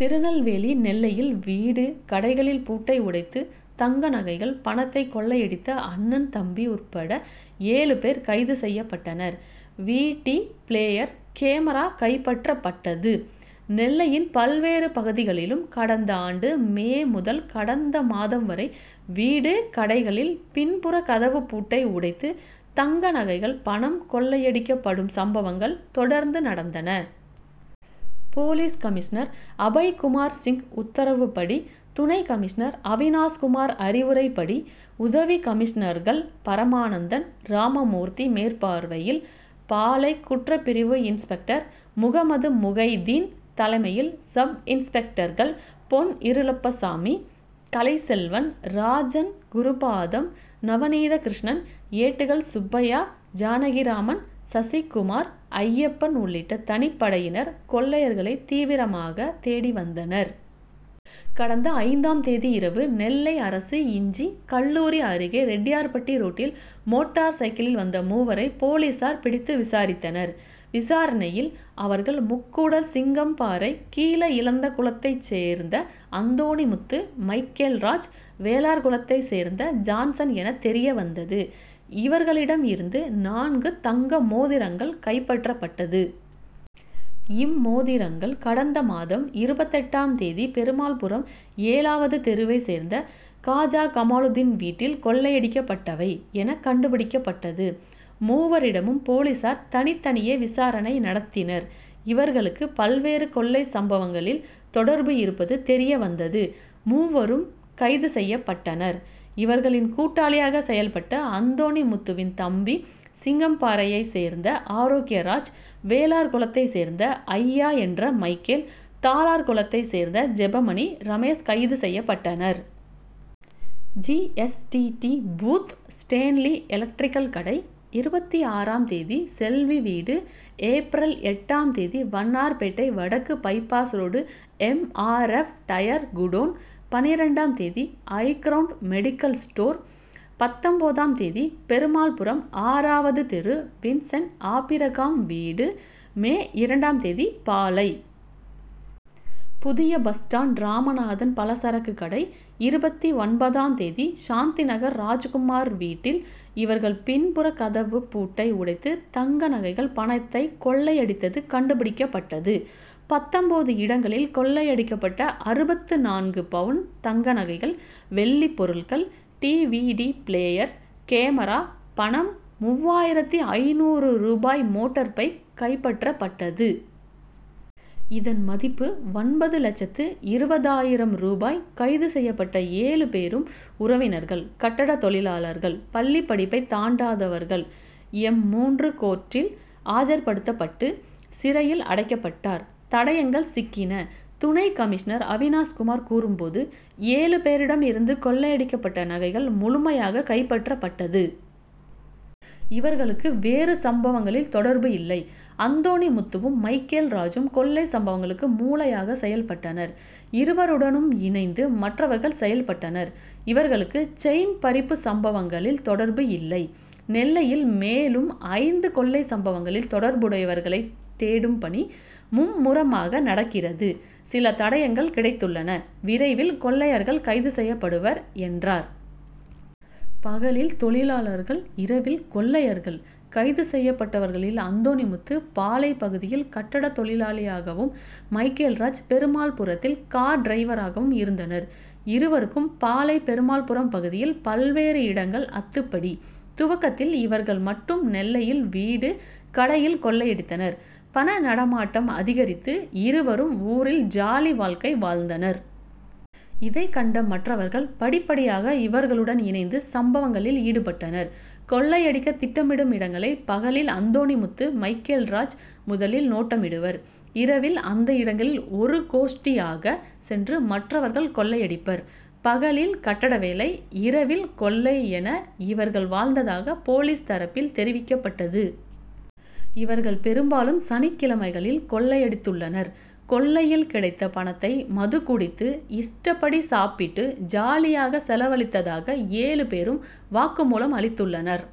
திருநெல்வேலி நெல்லையில் வீடு, கடைகளில் பூட்டை உடைத்து தங்கநகைகள், பணத்தை கொள்ளையடித்த அண்ணன், தம்பி உட்பட ஏழு பேர் கைது செய்யப்பட்டனர். வி. டி., பிளேயர், கேமரா கைப்பற்றப்பட்டது. நெல்லையின் பல்வேறு பகுதிகளிலும் கடந்த ஆண்டு மே முதல் கடந்த மாதம் வரை வீடு, கடைகளில் பின்புறக்கதவுப்பூட்டை உடைத்து தங்கநகைகள், பணம் கொள்ளையடிக்கப்படும் சம்பவங்கள் தொடர்ந்து நடந்தன. போலீஸ் கமிஷனர் அபய்குமார் சிங் உத்தரவுப்படி துணை கமிஷனர் அவினாஷ்குமார் அறிவுரைப்படி, உதவி கமிஷனர்கள் பரமானந்தம், ராமமூர்த்தி மேற்பார்வையில் பாளை. குற்றப்பிரிவு இன்ஸ்பெக்டர் முகம்மதுமுகைதீன் தலைமையில் சப்-இன்ஸ்பெக்டர்கள் பொன். இருளப்பசாமி, கலைச்செல்வன், ராஜன், குருபாதம், நவநீதகிருஷ்ணன், ஏட்டுகள் சுப்பையா, ஜானகிராமன், சசிக்குமார், ஐயப்பன் உள்ளிட்ட தனிப்படையினர் கொள்ளையர்களை தீவிரமாக தேடி வந்தனர். கடந்த ஐந்தாம் தேதி இரவு நெல்லை அரசு இன்ஜி., கல்லூரி அருகே ரெட்டியார்பட்டி ரோட்டில் மோட்டார்சைக்கிளில் வந்த மூவரை போலீசார் பிடித்து விசாரித்தனர். விசாரணையில், அவர்கள் முக்கூடல் சிங்கம்பாறை கீழ இலந்தைக்குளத்தை சேர்ந்த அந்தோணிமுத்து, மைக்கேல்ராஜ், வேளார்குளத்தை சேர்ந்த ஜான்சன் என தெரியவந்தது. இவர்களிடம் இருந்து நான்கு தங்க மோதிரங்கள் கைப்பற்றப்பட்டது. இம்மோதிரங்கள் கடந்த மாதம் இருபத்தெட்டாம் தேதி பெருமாள்புரம் ஏழாவது தெருவை சேர்ந்த காஜாகமாலுதீன் வீட்டில் கொள்ளையடிக்கப்பட்டவை என கண்டுபிடிக்கப்பட்டது. மூவரிடமும் போலீசார் தனித்தனியே விசாரணை நடத்தினர். இவர்களுக்கு பல்வேறு கொள்ளைச்சம்பவங்களில் தொடர்பு இருப்பது தெரியவந்தது. மூவரும் கைது செய்யப்பட்டனர். இவர்களின் கூட்டாளிகளாக செயல்பட்ட அந்தோணிமுத்துவின் தம்பி சிங்கம்பாறையை சேர்ந்த ஆரோக்கியராஜ், வேளார்குளத்தை சேர்ந்த அய்யா என்ற மைக்கேல், தாளார்குளத்தை சேர்ந்த ஜெபமணி, ரமேஷ் கைது செய்யப்பட்டனர். G. S. T. D., booth, Stanley electrical கடை, இருபத்தாறாம் தேதி செல்வி வீடு, ஏப்ரல் எட்டாம் தேதி வண்ணார்பேட்டை வடக்கு bypass road M. R. F., tyre godown, பன்னிரண்டாம் தேதி ஐகிரவுண்ட் மெடிக்கல் ஸ்டோர், பத்தொன்பதாம் தேதி பெருமாள்புரம் ஆறாவது தெரு வின்சென்ட் ஆபிரகாம் வீடு, மே இரண்டாம் தேதி பாளை. புதிய பஸ்ஸ்டாண்ட் ராமநாதன் பலசரக்குக்கடை, இருபத்தொன்பதாம் தேதி சாந்திநகர் ராஜ்குமார் வீட்டில் இவர்கள் பின்புறக்கதவுப்பூட்டை உடைத்து தங்கநகைகள், பணத்தை கொள்ளையடித்தது கண்டுபிடிக்கப்பட்டது. பத்தொன்பது இடங்களில் கொள்ளையடிக்கப்பட்ட அறுபத்து நான்கு பவுன் தங்கநகைகள், வெள்ளி பொருட்கள், T. V. D., player, camera, பணம் மூவாயிரத்து ஐந்நூறு ரூபாய், மோட்டார்பைக் கைப்பற்றப்பட்டது. இதன் மதிப்பு ஒன்பது லட்சத்து இருபது ஆயிரம் ரூபாய். கைது செய்யப்பட்ட ஏழு பேரும் உறவினர்கள். கட்டடத்தொழிலாளர்கள். பள்ளிப்படிப்பை தாண்டாதவர்கள். எம்.மூன்று கோர்ட்டில் ஆஜர்படுத்தப்பட்டு சிறையில் அடைக்கப்பட்டார். தடயங்கள் சிக்கின: துணை கமிஷனர் அவினாஷ்குமார் கூறும்போது, ஏழு பேரிடம் இருந்து கொள்ளையடிக்கப்பட்ட நகைகள் முழுமையாக கைப்பற்றப்பட்டது. இவர்களுக்கு வேறு சம்பவங்களில் தொடர்பு இல்லை. அந்தோணிமுத்துவும், மைக்கேல் ராஜூம் கொள்ளைச்சம்பவங்களுக்கு மூளையாக செயல்பட்டனர். இருவருடனும் இணைந்து மற்றவர்கள் செயல்பட்டுள்ளனர். இவர்களுக்கு செயின்பறிப்புச்சம்பவங்களில் தொடர்பு இல்லை. நெல்லையில் மேலும் ஐந்து கொள்ளைச்சம்பவங்களில் தொடர்புடையவர்களை தேடும் பணி மும்முரமாக நடக்கிறது. சில தடயங்கள் கிடைத்துள்ளன. விரைவில் கொள்ளையர்கள் கைது செய்யப்படுவர் என்றார். பகலில் தொழிலாளர்கள்' இரவில் கொள்ளையர்கள்': கைது செய்யப்பட்டவர்களில் அந்தோணிமுத்து பாளை. பகுதியில் கட்டடத்தொழிலாளியாகவும், மைக்கேல்ராஜ் பெருமாள்புரத்தில் கார் டிரைவராகவும் இருந்தனர். இருவருக்கும் பாளை., பெருமாள்புரம் பகுதியில் பல்வேறு இடங்கள் அத்துபடி. துவக்கத்தில் இவர்கள் மட்டும் நெல்லையில் வீடு, கடையில் கொள்ளையடித்தனர். பண நடமாட்டம்' அதிகரித்து இருவரும் ஊரில் ஜாலிவாழ்க்கை வாழ்ந்தனர். இதை கண்ட மற்றவர்கள் படிப்படியாக இவர்களுடன் இணைந்து சம்பவங்களில் ஈடுபட்டனர். கொள்ளையடிக்க திட்டமிடும் இடங்களை பகலில் அந்தோணிமுத்து, மைக்கேல்ராஜ் முதலில் நோட்டமிடுவர். இரவில் அந்த இடங்களில் ஒரு கோஷ்டியாக சென்று மற்றவர்கள் கொள்ளையடிப்பர். பகலில் கட்டட வேலை, இரவில் கொள்ளை என இவர்கள் வாழ்ந்ததாக போலீஸ் தரப்பில் தெரிவிக்கப்பட்டது. இவர்கள் பெரும்பாலும் சனிக்கிழமைகளில் கொள்ளையடித்துள்ளனர். கொள்ளையில் கிடைத்த பணத்தை மதுகுடித்து, இஷ்டப்படி சாப்பிட்டு ஜாலியாக செலவழித்ததாக ஏழு பேரும் வாக்குமூலம் அளித்துள்ளனர்.